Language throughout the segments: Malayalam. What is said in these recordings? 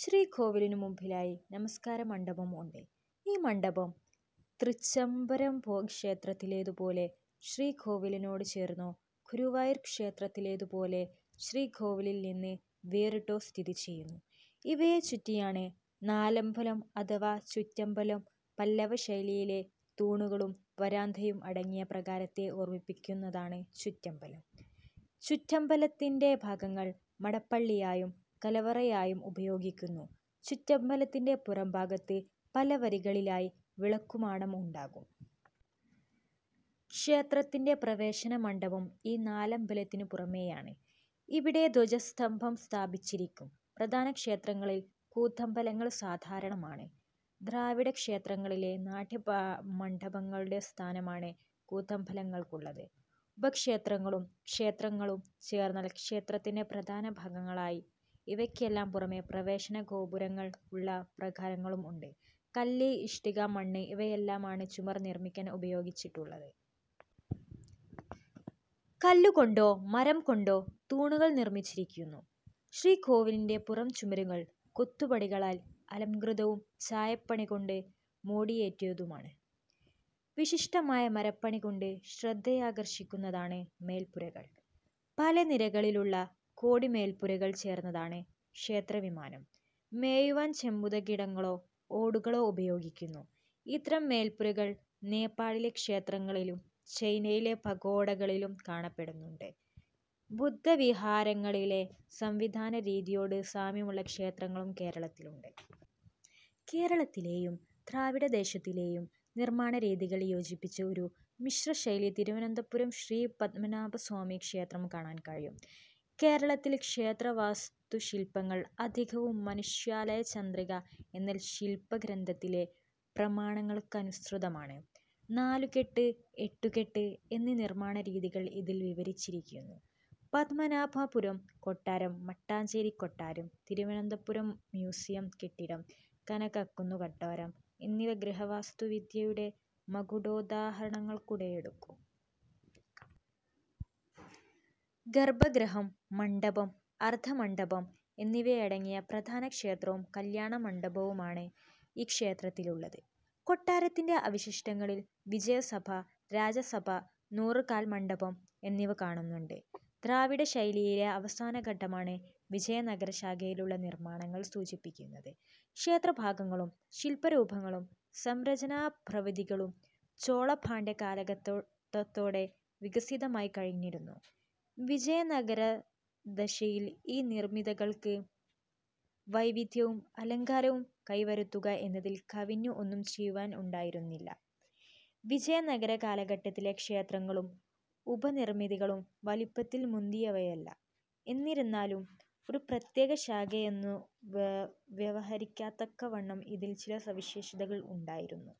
ശ്രീകോവിലിനു മുമ്പിലായി നമസ്കാരമണ്ഡപം ഉണ്ട്. ഈ മണ്ഡപം തൃച്ചംബരം ക്ഷേത്രത്തിലേതുപോലെ ശ്രീകോവിലിനോട്ചേർന്നോ, ഗുരുവായൂർ ക്ഷേത്രത്തിലേതുപോലെ ശ്രീകോവിലിൽനിന്ന് വേറിട്ടോ സ്ഥിതിചെയ്യുന്നു. ഇവയെ ചുറ്റിയാണ് നാലമ്പലം അഥവാ ചുറ്റമ്പലം. പല്ലവ ശൈലിയിലെ തൂണുകളും വരാന്തയും അടങ്ങിയ പ്രാകാരത്തെ ഓർമിപ്പിക്കുന്നതാണ് ചുറ്റമ്പലം. ചുറ്റംബലത്തിന്റെ ഭാഗങ്ങൾ മടപ്പള്ളിയായും കലവറയായും ഉപയോഗിക്കുന്നു ചുറ്റമ്പലത്തിന്റെ പുറംഭാഗത്ത് പലവരികളിലായി വിളക്കുമാടം ഉണ്ടാകും. ക്ഷേത്രത്തിന്റെ പ്രവേശനമണ്ഡപം ഈ നാലമ്പലത്തിനു പുറമേയാണ്. ഇവിടെ ദ്വജസ്തഭം സ്ഥാപിച്ചിരിക്കും. പ്രധാന ക്ഷേത്രങ്ങളിൽ കൂത്തമ്പലങ്ങൾ സാധാരണമാണ്. ദ്രാവിഡക്ഷേത്രങ്ങളിലെ നാട്യ മണ്ഡപങ്ങളുടെ സ്ഥാനമാണ് കൂത്തമ്പലങ്ങൾക്കുള്ളത്. ഉപക്ഷേത്രങ്ങളും ക്ഷേത്രകുളങ്ങളും ചേർന്നാൽ ക്ഷേത്രത്തിന്റെ പ്രധാന ഭാഗങ്ങളായി. ഇവയ്ക്കെല്ലാം പുറമെ പ്രവേശന ഗോപുരങ്ങൾ ഉള്ള പ്രാകാരങ്ങളും ഉണ്ട്. കല്ല്, ഇഷ്ടിക, മണ്ണ് ഇവയെല്ലാമാണ് ചുമർ നിർമ്മിക്കാൻ ഉപയോഗിച്ചിട്ടുള്ളത്. കല്ലുകൊണ്ടോ മരം കൊണ്ടോ തൂണുകൾ നിർമിച്ചിരിക്കുന്നു. ശ്രീകോവിലിന്റെ പുറംചുമരുകൾ കൊത്തുപണികളാൽ അലംകൃതവും ചായപ്പണികൊണ്ടു മോടിയേറ്റിയതുമാണ്. വിശിഷ്ടമായ മരപ്പണികൊണ്ട് ശ്രദ്ധയാകർഷിക്കുന്നതാണ് മേൽപ്പുരകൾ. പലനിലകളിലുള്ള കോടി-മേൽപ്പുരകൾ ചേർന്നതാണ് ക്ഷേത്രവിമാനം. മേയുവാൻ ചെമ്പുതകിടുകളോ ഓടുകളോ ഉപയോഗിക്കുന്നു. ഇത്തരം മേൽപ്പുരകൾ നേപാളിലെ ക്ഷേത്രങ്ങളിലും ചൈനയിലെ പഗോഡകളിലും കാണപ്പെടുന്നുണ്ട്. ബുദ്ധവിഹാരങ്ങളിലെ സംവിധാനരീതിയോട് സാമ്യമുള്ള ക്ഷേത്രങ്ങളും കേരളത്തിലുണ്ട്. കേരളത്തിലേയും ദ്രാവിഡദേശത്തിലെയും നിർമ്മാണരീതികൾ യോജിപ്പിച്ച ഒരു മിശ്രശൈലി തിരുവനന്തപുരം ശ്രീ പത്മനാഭസ്വാമി ക്ഷേത്രം കാണാൻ കഴിയും. കേരളത്തിൽ ക്ഷേത്രവാസ്തുശില്പങ്ങൾ അധികവും മനുഷ്യാലയചന്ദ്രിക എന്ന ശില്പഗ്രന്ഥത്തിലെ പ്രമാണങ്ങൾക്കനുസൃതമാണ്. നാലുകെട്ട്, എട്ടുകെട്ട് എന്നീ നിർമ്മാണരീതികൾ ഇതിൽ വിവരിച്ചിരിക്കുന്നു. പത്മനാഭപുരം കൊട്ടാരം, മട്ടാഞ്ചേരികൊട്ടാരം, തിരുവനന്തപുരം മ്യൂസിയം കെട്ടിടം, കനകക്കുന്നു കൊട്ടാരം എന്നിവ ഗൃഹവാസ്തുവിദ്യയുടെ മകുടോദാഹരണങ്ങളായെടുക്കാം. ഗർഭഗൃഹം, മണ്ഡപം, അർദ്ധമണ്ഡപം എന്നിവയടങ്ങിയ പ്രധാന ക്ഷേത്രവും കല്യാണമണ്ഡപവുമാണ് ഈ ക്ഷേത്രത്തിലുള്ളത്. കൊട്ടരത്തിന്റെ അവശിഷ്ടങ്ങളിൽ വിജയസഭ, രാജസഭ, നൂറുകാൽമണ്ഡപം എന്നിവ കാണുന്നുണ്ട്. ദ്രാവിഡശൈലിയിലെ അവസാനഘട്ടമാണ് വിജയനഗര ശാഖയിലുള്ള നിർമ്മാണങ്ങൾ സൂചിപ്പിക്കുന്നത്. ക്ഷേത്രഭാഗങ്ങളും ശില്പരൂപങ്ങളും സംരചനാപ്രവിധികളും ചോള-പാണ്ഡ്യ കാലഘട്ടത്തോടെ വികസിതമായി കഴിഞ്ഞിരുന്നു. വിജയനഗരദശയിൽ ഈ നിർമിതികൾക്ക് വൈവിധ്യവും അലങ്കാരവും കൈവരുത്തുക എന്നതിൽ കവിഞ്ഞ് ഒന്നും ചെയ്യുവാൻ ഉണ്ടായിരുന്നില്ല വിജയനഗര കാലഘട്ടത്തിലെ ക്ഷേത്രങ്ങളും ഉപനിർമിതികളും വലിപ്പത്തിൽ മുന്തിയവയല്ല; എന്നിരുന്നാലും, ഒരു പ്രത്യേകശാഖയെന്നു വ്യവഹരിക്കത്തക്കവണ്ണം ഇതിൽ ചില സവിശേഷതകൾ ഉണ്ടായിരുന്നു.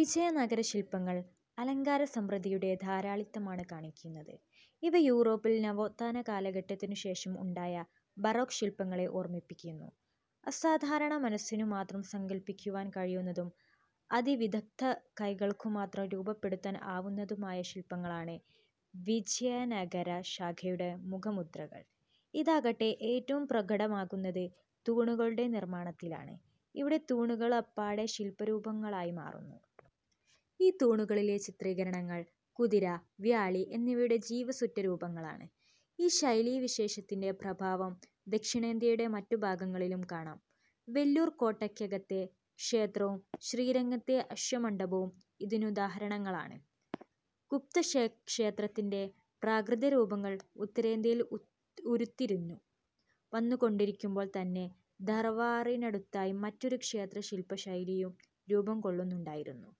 വിജയനഗരശില്പങ്ങൾ അലങ്കാര സമൃദ്ധിയുടെ ധാരാളിത്തമാണ് കാണിക്കുന്നത്. ഇവ യൂറോപ്പിൽ നവോത്ഥാന കാലഘട്ടത്തിനു ശേഷം ഉണ്ടായ ബറോക്ക് ശില്പങ്ങളെ ഓർമിപ്പിക്കുന്നു. അസാധരണ മനസ്സിനുമാത്രം സങ്കല്പിക്കുവാൻ കഴിയുന്നതും അതിവിദഗ്ദ്ധ കൈകൾക്കുമാത്രം രൂപപ്പെടുത്താൻ ആവുന്നതുമായ ശില്പങ്ങളാണ് വിജ്യയനഗര ശാഖയുടെ മുഖമുദ്രകൾ. ഇതാകട്ടെ ഏറ്റവും പ്രകടമാകുന്നത് തൂണുകളുടെ നിർമ്മാണത്തിലാണ്. ഇവിടെ തൂണുകളപ്പാടെ ശില്പരൂപങ്ങളായി മാറുന്നു. ഈ തൂണുകളിലെ ചിത്രീകരണങ്ങൾ കുതിര, വ്യാളി എന്നിവയുടെ ജീവസ്സുറ്റ രൂപങ്ങളാണ്. ഈ ശൈലീവിശേഷത്തിന്റെ പ്രഭാവം ദക്ഷിണേന്ത്യയുടെ മറ്റുഭാഗങ്ങളിലും കാണാം. വെല്ലൂർ കോട്ടയ്ക്കകത്തെ ക്ഷേത്രവും ശ്രീരംഗത്തെ അശ്വമണ്ഡപവും ഇതിനുദാഹരണങ്ങളാണ്. ഗുപ്തക്ഷേത്രത്തിന്റെ പ്രാകൃതരൂപങ്ങൾ ഉത്തരേന്ത്യയിൽ ഉരുത്തിരിഞ്ഞു വന്നുകൊണ്ടിരിക്കുമ്പോൾ തന്നെ ധാർവാറിനടുത്തായി മറ്റൊരു ക്ഷേത്രശില്പശൈലിയും രൂപംകൊള്ളുന്നുണ്ടായിരുന്നു.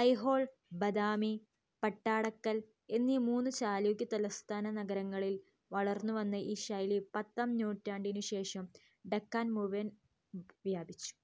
അയ്ഹോൾ, ബദാമി, പട്ടാടക്കൽ എന്നീ മൂന്നു ചാലൂക്യ തലസ്ഥാന നഗരങ്ങളിൽ വളർന്നുവന്ന ഈ ശൈലി പത്താം നൂറ്റാണ്ടിനുശേഷം ഡക്കാൻ മുഴുവൻ വ്യാപിച്ചു.